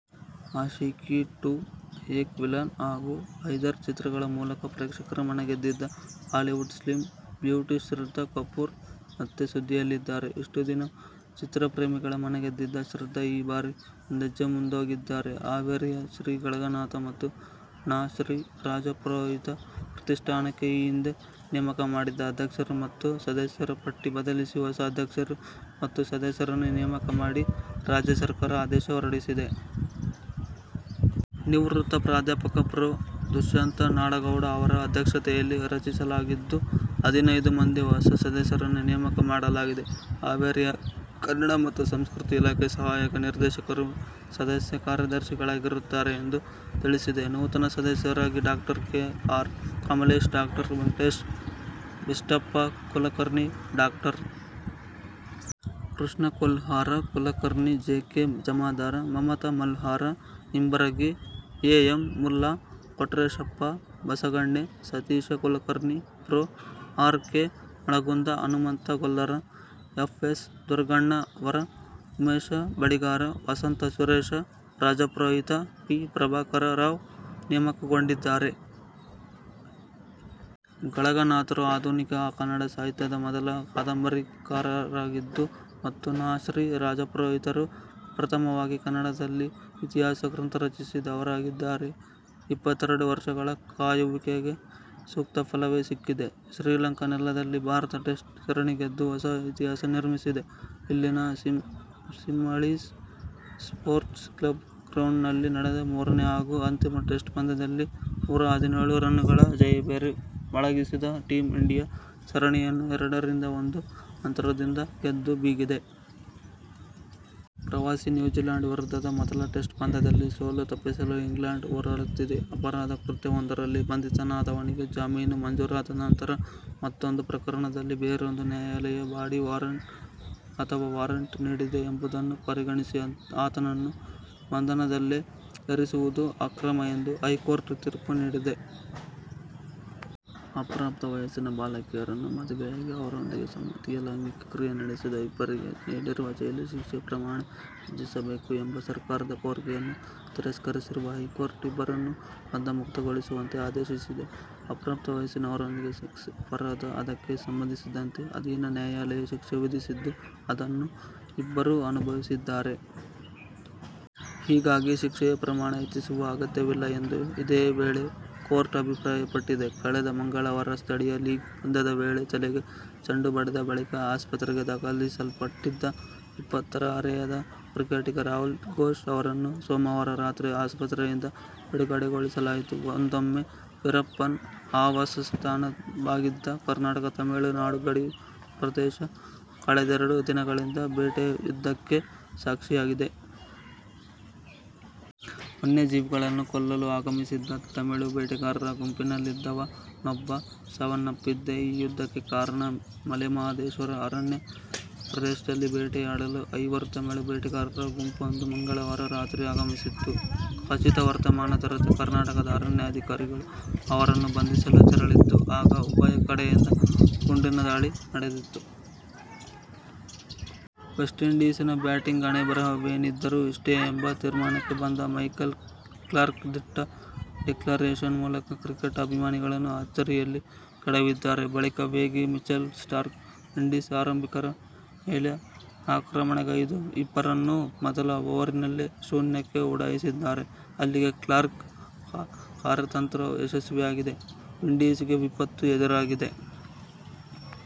Aashiqui two, Ek villain ಹಾಗೂ ಹೈದರ್ ಚಿತ್ರಗಳ ಮೂಲಕ ಪ್ರೇಕ್ಷಕರ ಮನಗೆದ್ದಿದ್ದ ಬಾಲಿವುಡ್ ಸ್ಲಿಂ ಬ್ಯೂಟಿ ಶ್ರದ್ಧಾ ಕಪೂರ್ ಮತ್ತೆ ಸುದ್ದಿಯಲ್ಲಿದ್ದಾರೆ. ಇಷ್ಟು ದಿನ ಚಿತ್ರಪ್ರೇಮಿಗಳ ಮನಗೆದಿದ್ದ ಶ್ರದ್ದಾ ಈ ಬಾರಿ ಒಂದೆಜ್ಜೆ ಮುಂದೊಗಿದ್ದಾರೆ. ಹಾವೇರಿಯ ಶ್ರೀ ಗಳಗನಾಥ ಮತ್ತು ನಾ. ಶ್ರೀ. ರಾಜಪುರೋಹಿತ ಪ್ರತಿಷ್ಠಾನಕ್ಕೆ ಈ ಹಿಂದೆ ನೇಮಕ ಮಾಡಿದ್ದ ಅಧ್ಯಕ್ಷರು ಮತ್ತು ಸದಸ್ಯರ ಪಟ್ಟಿ ಬದಲಿಸಿ ಹೊಸ ಅಧ್ಯಕ್ಷರು ಮತ್ತು ಸದಸ್ಯರನ್ನು ನೇಮಕ ಮಾಡಿ ರಾಜ್ಯ ಸರ್ಕಾರ ಆದೇಶ ಹೊರಡಿಸಿದೆ. ನಿವೃತ್ತ ಪ್ರಾಧ್ಯಾಪಕ ಪ್ರೊ. ದುಷ್ಯಂತ ನಾಡಗೌಡ ಅವರ ಅಧ್ಯಕ್ಷತೆಯಲ್ಲಿ ರಚಿಸಲಾಗಿದ್ದು, ಹದಿನೈದು ಮಂದಿ ಹೊಸ ಸದಸ್ಯರನ್ನು ನೇಮಕ ಮಾಡಲಾಗಿದೆ. ಹಾವೇರಿಯ ಕನ್ನಡ ಮತ್ತು ಸಂಸ್ಕೃತಿ ಇಲಾಖೆ ಸಹಾಯಕ ನಿರ್ದೇಶಕರು ಸದಸ್ಯ ಕಾರ್ಯದರ್ಶಿಗಳಾಗಿರುತ್ತಾರೆ ಎಂದು ತಿಳಿಸಿದೆ. ನೂತನ ಸದಸ್ಯರಾಗಿ ಡಾ. ಕೆ. ಆರ್. ಕಮಲೇಶ್, ಡಾ. ವೆಂಕಟೇಶ್ ಬಿಷ್ಟಪ್ಪ ಕುಲಕರ್ಣಿ, ಡಾ. Krishna Kolhar Kulkarni, J. K. Jamadar, Mamata Malhar Nimbaragi, A. M. Mulla, Kotreshappa Basaganne, Satish Kulkarni, ಪ್ರೊ. R. K. Mulagund, Hanumant Gollar, F. S. Duragannavar, Umesh Baligar, Vasant Suresh Rajpurohit, P. Prabhakar Rao ನೇಮಕಗೊಂಡಿದ್ದಾರೆ. ಗಳಗನಾಥರು ಆಧುನಿಕ ಕನ್ನಡ ಸಾಹಿತ್ಯದ ಮೊದಲ ಕಾದಂಬರಿಕಾರರಾಗಿದ್ದು ಮತ್ತು ನಾ. ಶ್ರೀ. ರಾಜಪುರೋಹಿತರು ಪ್ರಥಮವಾಗಿ ಕನ್ನಡದಲ್ಲಿ ಇತಿಹಾಸ ಗ್ರಂಥ ರಚಿಸಿದವರಾಗಿದ್ದಾರೆ. ಇಪ್ಪತ್ತೆರಡು ವರ್ಷಗಳ ಕಾಯುವಿಕೆಗೆ ಸೂಕ್ತ ಫಲವೇ ಸಿಕ್ಕಿದೆ. ಶ್ರೀಲಂಕಾ ನೆಲದಲ್ಲಿ ಭಾರತ ಟೆಸ್ಟ್ ಸರಣಿ ಗೆದ್ದು ಹೊಸ ಇತಿಹಾಸ ನಿರ್ಮಿಸಿದೆ. ಇಲ್ಲಿನ ಸಿಂಹಳೀಸ್ ನ್ಪೋರ್ಟ್ಸ್ ಕ್ಲಬ್ ಗ್ರೌಂಡ್ನಲ್ಲಿ ನಡೆದ ಮೂರನೇ ಹಾಗೂ ಅಂತಿಮ ಟೆಸ್ಟ್ ಪಂದ್ಯದಲ್ಲಿ ನೂರಾ ಹದಿನೇಳು ರನ್ನುಗಳ ಜಯಭೇರಿ ಮೊಳಗಿಸಿದ ಟೀಮ್ ಇಂಡಿಯಾ, ಸರಣಿಯನ್ನು ಎರಡರಿಂದ ಒಂದು ಅಂತರದಿಂದ ಗೆದ್ದು ಬೀಗಿದೆ. ಪ್ರವಾಸಿ ನ್ಯೂಜಿಲ್ಯಾಂಡ್ ವಿರುದ್ಧದ ಮೊದಲ ಟೆಸ್ಟ್ ಪಂದ್ಯದಲ್ಲಿ ಸೋಲು ತಪ್ಪಿಸಲು ಇಂಗ್ಲೆಂಡ್ ಹೋರಾಡುತ್ತಿದೆ. ಅಪರಾಧ ಕೃತ್ಯವೊಂದರಲ್ಲಿ ಬಂಧಿತನಾದವನಿಗೆ ಜಾಮೀನು ಮಂಜೂರಾದ ನಂತರ ಮತ್ತೊಂದು ಪ್ರಕರಣದಲ್ಲಿ ಬೇರೊಂದು ನ್ಯಾಯಾಲಯ ಬಾಡಿ ವಾರಂಟ್ ಅಥವಾ ವಾರಂಟ್ ನೀಡಿದೆ ಎಂಬುದನ್ನು ಪರಿಗಣಿಸಿ ಆತನನ್ನು ಬಂಧನದಲ್ಲೇ ಇರಿಸುವುದು ಅಕ್ರಮ ಎಂದು ಹೈಕೋರ್ಟ್ ತೀರ್ಪು ನೀಡಿದೆ. ಅಪ್ರಾಪ್ತ ವಯಸ್ಸಿನ ಬಾಲಕಿಯರನ್ನು ಮದುವೆಯಾಗಿ ಅವರೊಂದಿಗೆ ಸಮ್ಮತಿಯ ಲೈಂಗಿಕ ಕ್ರಿಯೆ ನಡೆಸಿದ ಇಬ್ಬರಿಗೆ ನೀಡಿರುವ ಜೈಲು ಶಿಕ್ಷೆ ಪ್ರಮಾಣ ಹೆಚ್ಚಿಸಬೇಕು ಎಂಬ ಸರ್ಕಾರದ ಕೋರಿಕೆಯನ್ನು ತಿರಸ್ಕರಿಸಿರುವ ಹೈಕೋರ್ಟ್, ಇಬ್ಬರನ್ನೂ ಬಂಧಮುಕ್ತಗೊಳಿಸುವಂತೆ ಆದೇಶಿಸಿದೆ. ಅಪ್ರಾಪ್ತ ವಯಸ್ಸಿನವರೊಂದಿಗೆ ಸೆಕ್ಸ್ ಅಪರಾಧ. ಅದಕ್ಕೆ ಸಂಬಂಧಿಸಿದಂತೆ ಅಧೀನ ನ್ಯಾಯಾಲಯ ಶಿಕ್ಷೆ ವಿಧಿಸಿದ್ದು, ಅದನ್ನು ಇಬ್ಬರೂ ಅನುಭವಿಸಿದ್ದಾರೆ. ಹೀಗಾಗಿ ಶಿಕ್ಷೆಯ ಪ್ರಮಾಣ ಹೆಚ್ಚಿಸುವ ಅಗತ್ಯವಿಲ್ಲ ಎಂದು ಇದೇ ವೇಳೆ ಕೋರ್ಟ್ ಅಭಿಪ್ರಾಯಪಟ್ಟಿದೆ. ಕಳೆದ ಮಂಗಳವಾರ ಸ್ಥಳೀಯ ಲೀಗ್ ಪಂದ್ಯದ ವೇಳೆ ತಲೆಗೆ ಚೆಂಡು ಬಡಿದ ಬಳಿಕ ಆಸ್ಪತ್ರೆಗೆ ದಾಖಲಿಸಲ್ಪಟ್ಟಿದ್ದ ಇಪ್ಪತ್ತರ ಹರೆಯದ ಕ್ರಿಕೆಟಿಗ ರಾಹುಲ್ ಘೋಷ್ ಅವರನ್ನು ಸೋಮವಾರ ರಾತ್ರಿ ಆಸ್ಪತ್ರೆಯಿಂದ ಬಿಡುಗಡೆಗೊಳಿಸಲಾಯಿತು. ಒಂದೊಮ್ಮೆ ವೀರಪ್ಪನ್ ಆವಾಸಸ್ಥಾನವಾಗಿದ್ದ ಕರ್ನಾಟಕ-ತಮಿಳುನಾಡು ಗಡಿ ಪ್ರದೇಶ ಕಳೆದೆರಡು ದಿನಗಳಿಂದ ಬೇಟೆಯುದ್ಧಕ್ಕೆ ಸಾಕ್ಷಿಯಾಗಿದೆ. ವನ್ಯಜೀವಿಗಳನ್ನು ಕೊಲ್ಲಲು ಆಗಮಿಸಿದ್ದ ತಮಿಳು ಬೇಟೆಗಾರರ ಗುಂಪಿನಲ್ಲಿದ್ದವ ನೊಬ್ಬ ಸಾವನ್ನಪ್ಪಿದ್ದೇ ಈ ಯುದ್ಧಕ್ಕೆ ಕಾರಣ. ಮಲೆ ಮಹದೇಶ್ವರ ಅರಣ್ಯ ಪ್ರದೇಶದಲ್ಲಿ ಬೇಟೆಯಾಡಲು ಐವರು ತಮಿಳು ಬೇಟೆಗಾರರ ಗುಂಪೊಂದು ಮಂಗಳವಾರ ರಾತ್ರಿ ಆಗಮಿಸಿತ್ತು. ಖಚಿತ ವರ್ತಮಾನ ದೊರೆತ ಕರ್ನಾಟಕದ ಅರಣ್ಯಾಧಿಕಾರಿಗಳು ಅವರನ್ನು ಬಂಧಿಸಲು ತೆರಳಿತ್ತು. ಆಗ ಉಭಯ ಕಡೆಯಿಂದ ಗುಂಡಿನ ದಾಳಿ ನಡೆದಿತ್ತು. ವೆಸ್ಟ್ ಇಂಡೀಸಿನ ಬ್ಯಾಟಿಂಗ್ ಹಣೆಬರಹವೇನಿದ್ದರೂ ಇಷ್ಟೇ ಎಂಬ ತೀರ್ಮಾನಕ್ಕೆ ಬಂದ ಮೈಕಲ್ ಕ್ಲಾರ್ಕ್ ದಿಟ್ಟ ಡಿಕ್ಲರೇಷನ್ ಮೂಲಕ ಕ್ರಿಕೆಟ್ ಅಭಿಮಾನಿಗಳನ್ನು ಅಚ್ಚರಿಯಲ್ಲಿ ಕೆಡವಿದ್ದಾರೆ. ಬಳಿಕ ವೇಗಿ ಮಿಚೆಲ್ ಸ್ಟಾರ್ಕ್ ವಿಂಡೀಸ್ ಆರಂಭಿಕರ ಮೇಲೆ ಆಕ್ರಮಣಗೈದು ಇಬ್ಬರನ್ನೂ ಮೊದಲ ಓವರಿನಲ್ಲೇ ಶೂನ್ಯಕ್ಕೆ ಉಡಾಯಿಸಿದ್ದಾರೆ. ಅಲ್ಲಿಗೆ ಕ್ಲಾರ್ಕ್ ಕಾರ್ಯತಂತ್ರ ಯಶಸ್ವಿಯಾಗಿದೆ; ವಿಂಡೀಸಿಗೆ ವಿಪತ್ತು ಎದುರಾಗಿದೆ.